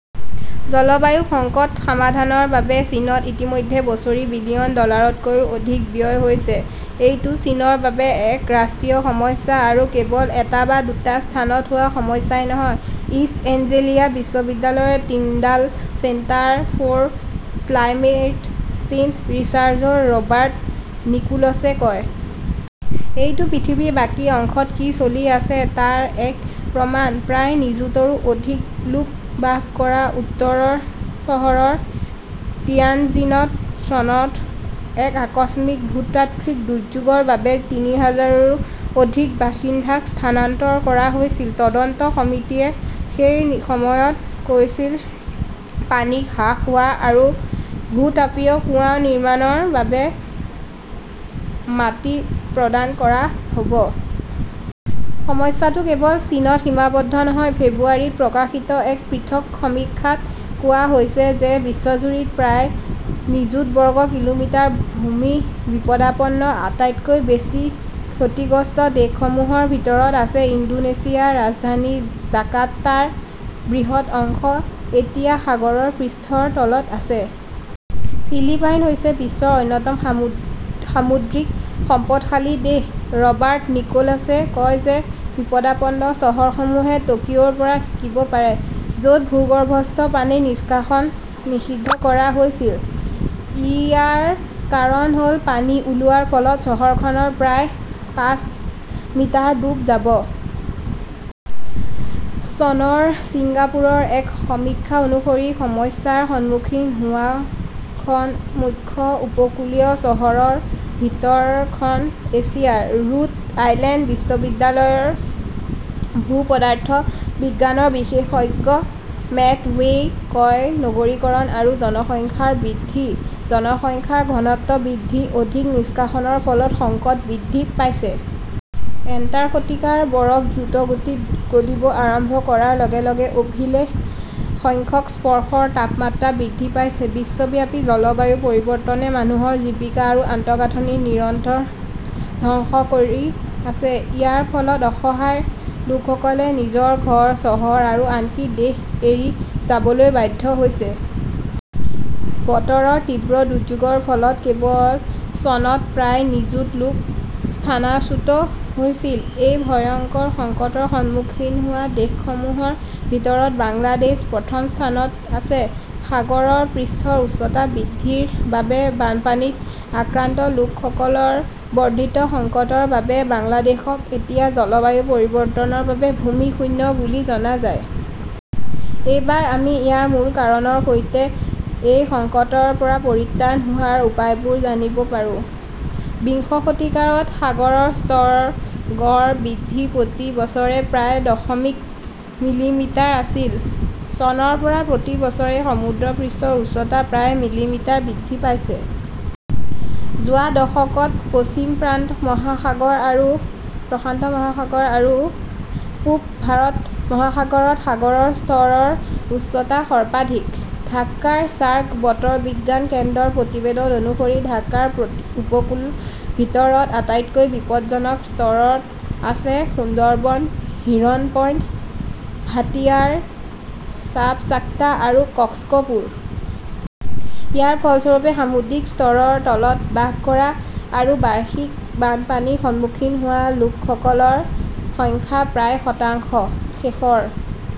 জলবায়ু সংকট সমাধানৰ বাবে চীনত ইতিমধ্যে বছৰি বিলিয়ন ডলাৰতকৈও অধিক ব্যয় হৈছে। এইটো চীনৰ বাবে এক ৰাষ্ট্ৰীয় সমস্যা আৰু কেৱল এটা বা দুটা স্থানত হোৱা সমস্যা নহয়, ইষ্ট এঞ্জেলিয়া বিশ্ববিদ্যালয়ৰ Tyndall centre for climate change ৰিচাৰ্চৰ ৰবাৰ্ট নিকোলছে কয়। এইটো পৃথিৱীৰ বাকী অংশত কি চলি আছে তাৰ এক প্ৰমাণ। প্ৰায় নিযুতৰো অধিক লোক বাস কৰা উত্তৰৰ চহৰ তিয়ানজিনত চনত এক আকস্মিক ভূতাত্ত্বিক দুৰ্যোগৰ বাবে তিনি হাজাৰৰো অধিক বাসিন্দাক স্থানান্তৰ কৰা হৈছিল। তদন্ত সমিতিয়ে সেই সময়ত কৈছিল, পানী হ্ৰাস হোৱা আৰু ভূ-তাপীয় কুঁৱা নিৰ্মাণৰ বাবে মাটি প্ৰদান কৰা হ’ব। সমস্যাটো কেৱল চীনত সীমাবদ্ধ নহয়। ফেব্ৰুৱাৰীত প্ৰকাশিত এক পৃথক সমীক্ষাত কোৱা হৈছে যে বিশ্বজুৰি প্ৰায় নিযুত বৰ্গ কিলোমিটাৰ ভূমি বিপদাপন্ন। আটাইতকৈ বেছি ক্ষতিগ্ৰস্ত দেশসমূহৰ ভিতৰত আছে ইণ্ডোনেছিয়া, ৰাজধানী জাকাৰ্টাৰ বৃহৎ অংশ এতিয়া সাগৰ পৃষ্ঠৰ তলত আছে। ফিলিপাইন হৈছে বিশ্বৰ অন্যতম সামুদ্ৰিক সম্পদশালী দেশ। ৰবাৰ্ট নিকোলছে কয় যে বিপদাপন্ন চহৰসমূহে টকিঅ ৰ পৰা শিকিব পাৰে। য 'ত ভূগৰ্ভস্থ পানী নিষ্কাশন নিষিদ্ধ কৰা হৈছিল। ইয়াৰ কাৰণ হ’ল পানী ওলোৱাৰ ফলত চহৰখন প্ৰায় পাঁচ মিটাৰ ডুব যায়। চনৰ ছিংগাপুৰৰ এক সমীক্ষা অনুসৰি, সমস্যাৰ সন্মুখীন হোৱা খন মুখ্য উপকূলীয় চহৰৰ ভিতৰত খন এছিয়াৰ। ৰোড আইলেণ্ড বিশ্ববিদ্যালয়ৰ ভূ-পদাৰ্থ বিজ্ঞানৰ বিশেষজ্ঞ মেট ৱেইয়ে কয়, নগৰীকৰণ আৰু জনসংখ্যা বৃদ্ধি, জনসংখ্যাৰ ঘনত্ব বৃদ্ধি, অধিক নিষ্কাশনৰ ফলত সংকট বৃদ্ধি পাইছে।। এণ্টাৰ্কটিকাৰ বৰফ দ্ৰুতগতিত গলিবলৈ আৰম্ভ কৰাৰ লগে লগে অভিলেখ সংখ্যক স্পৰ্শৰ তাপমাত্ৰা বৃদ্ধি পাইছে বিশ্বব্যাপী জলবায়ু পৰিৱৰ্তনে মানুহৰ জীৱিকা আৰু আন্তঃগাঁথনি নিৰন্তৰ ধ্বংস কৰি আছে। ইয়াৰ ফলত অসহায় লোকসকলে নিজৰ ঘৰ, চহৰ আৰু আনকি দেশ এৰি যাবলৈ বাধ্য হৈছে। বতৰৰ তীব্ৰ দুৰ্যোগৰ ফলত কেৱল চনত প্ৰায় নিযুত লোক স্থানচ্যুত হৈছিল। এই ভয়ংকৰ সংকটৰ সন্মুখীন হোৱা দেশসমূহৰ ভিতৰত বাংলাদেশ প্ৰথম স্থানত আছে। সাগৰ পৃষ্ঠৰ উচ্চতা বৃদ্ধিৰ বাবে বানপানীত আক্ৰান্ত লোকসকলৰ বৰ্ধিত সংকটৰ বাবে বাংলাদেশক এতিয়া জলবায়ু পৰিৱৰ্তনৰ বাবে ভূমি শূন্য বুলি জনা যায়। এইবাৰ আমি ইয়াৰ মূল কাৰণৰ সৈতে এই সংকটৰ পৰা পৰিত্ৰাণ পোৱাৰ উপায়বোৰ জানিব পাৰোঁ। বিংশ শতিকাত সাগৰৰ স্তৰৰ গড় বৃদ্ধি প্ৰতি বছৰে প্ৰায় দশমিক মিলিমিটাৰ আছিল। চনৰ পৰা প্ৰতি বছৰে সমুদ্ৰপৃষ্ঠৰ উচ্চতা প্ৰায় মিলিমিটাৰ বৃদ্ধি পাইছে। যোৱা দশকত পশ্চিম প্ৰশান্ত মহাসাগৰ আৰু পূব ভাৰত মহাসাগৰত সাগৰৰ স্তৰৰ উচ্চতা সৰ্বাধিক। ঢাকাৰ চাৰ্ক বতৰ বিজ্ঞান কেন্দ্ৰৰ প্ৰতিবেদন অনুসৰি, বাংলাদেশৰ উপকূলৰ ভিতৰত আটাইতকৈ বিপদজনক স্তৰত আছে-সুন্দৰবনৰ হিৰণ পইণ্ট, হাতিয়াৰ চাৰ চাঙ্গা আৰু কক্সপুৰ। ইয়াৰ ফলস্বৰূপে, সামুদ্ৰিক স্তৰৰ তলত বাস কৰা আৰু বাৰ্ষিক বানপানীৰ সন্মুখীন হোৱা লোকসকলৰ সংখ্যা প্ৰায় শতাংশ। শেষৰ